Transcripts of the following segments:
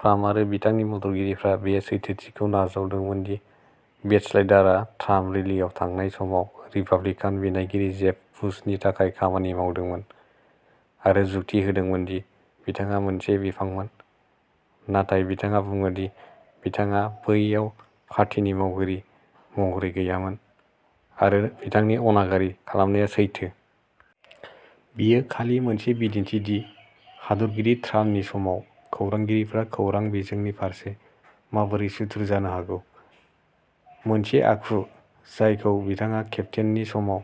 Trump आरो बिथांनि मददगिरिफोरा बे सैथोथिखौ नाजावदोंमोन दि बेटचेल्डारआ ट्राम्प रैलीआव थांनाय समाव रिपाब्लिकान बिनायगिरि जेब बुशनि थाखाय खामानि मावदोंमोन, आरो जुक्ति होदोंमोन दि बिथाङा मोनसे बिफांमोन। नाथाय बिथाङा बुङो दि बिथाङा बैयाव पार्टीनि मावगिरि महरै गैयामोन, आरो बिथांनि अनागारि खालामनाया सैथो। बेयो खालि मोनसे बिदिन्थि दि हादोरगिरि ट्राम्पनि समाव खौरांगिरिफोरा खौरां बिजोंनि फारसे माबोरै सुथुर जानो हागौ, मोनसे आखु जायखौ बिथाङा केप्टेइननि समाव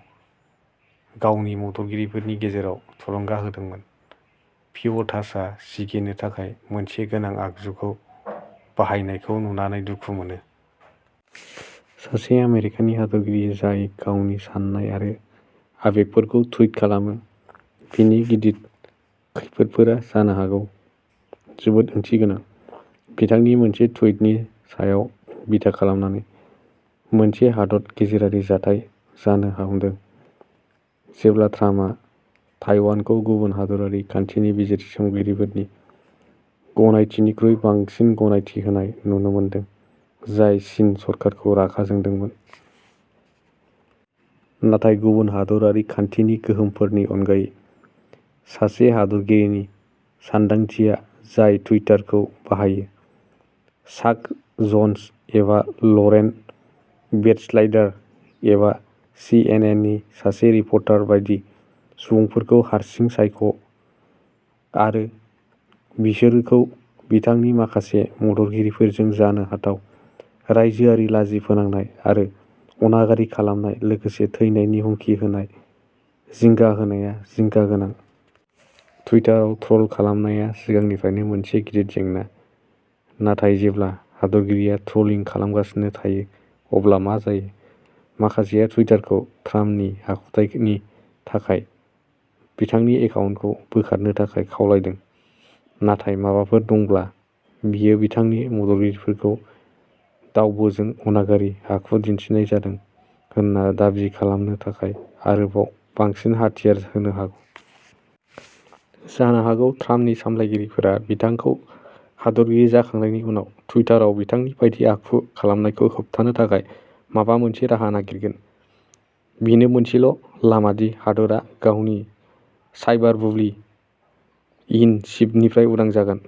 गावनि मददगिरिफोरनि गेजेराव थुलुंगा होदोंमोन। पिइअ'टासआ सिगिनो थाखाय मोनसे गोनां आगजुखौ बाहायनायखौ नुनानै दुखु मोनो। सासे आमेरिकानि हादोरगिरि जाय गावनि साननाय आरो आबेगफोरखौ टुइट खालामो, बिनि गिदिर खैफोदफोरा जानो हागौ जोबोद ओंथिगोनां। बिथांनि मोनसे टुइटनि सायाव बिथा खालामनानै मोनसे हादोर गेजेरारि जाथाय जानो हमदों, जेब्ला ट्राम्पआ ताइवानखौ गुबुन हादोरारि खान्थिनि बिजिरसंगिरिफोरनि गनायथिनिख्रुइ बांसिन गनायथि होनाय नुनो मोनदों, जाय चीन सरकारखौ रागा जोंदोंमोन। नाथाय गुबुन हादोरारि खान्थिनि गोहोमफोरनि अनगायै, सासे हादोरगिरिनि सानदांथिया जाय टुइटारखौ बाहायो। चाक जन्स एबा लरेन बेटच्लाइडार एबा सिएनएननि सासे रिपर्टार बायदि सुबुंफोरखौ हारसिं सायख' आरो, बिसोरखौ बिथांनि माखासे मददगिरिफोरजों जानो हाथाव रायजोआरि लाजि फोनांनाय आरो अनागारि खालामनाय लोगोसे थैनायनि हुमखि होनाय जिंगा होनाया जिंगा गोनां। टुइटाराव ट्र'ल खालामनाया सिगांनिफ्रायनो मोनसे गिदिर जेंना, नाथाय जेब्ला हादोरगिरिया ट्र'लिं खालामगासिनो थायो अब्ला मा जायो? माखासेया टुइटारखौ ट्राम्पनि आखुथायनि थाखाय बिथांनि एकाउन्टखौ बोखारनो थाखाय खावलायदों, नाथाय माबाफोर दंब्ला, बेयो बिथांनि मददगिरिफोरखौ दावबोजों अनागारि आखु दिन्थिनाय जादों होनना दाबि खालामनो थाखाय आरोबाव बांसिन हाथियार होनो हागौ। जानो हागौ ट्राम्पनि सामलायगिरिफोरा बिथांखौ हादोरगिरि जाखांनायनि उनाव टुइटाराव बिथांनि बायदि आखु खालामनायखौ होबथानो थाखाय माबा मोनसे राहा नागिरगोन। बेनो मोनसेल' लामा दि हादोरआ गावनि साइबारबुलि इन चीफनिफ्राय उदां जागोन।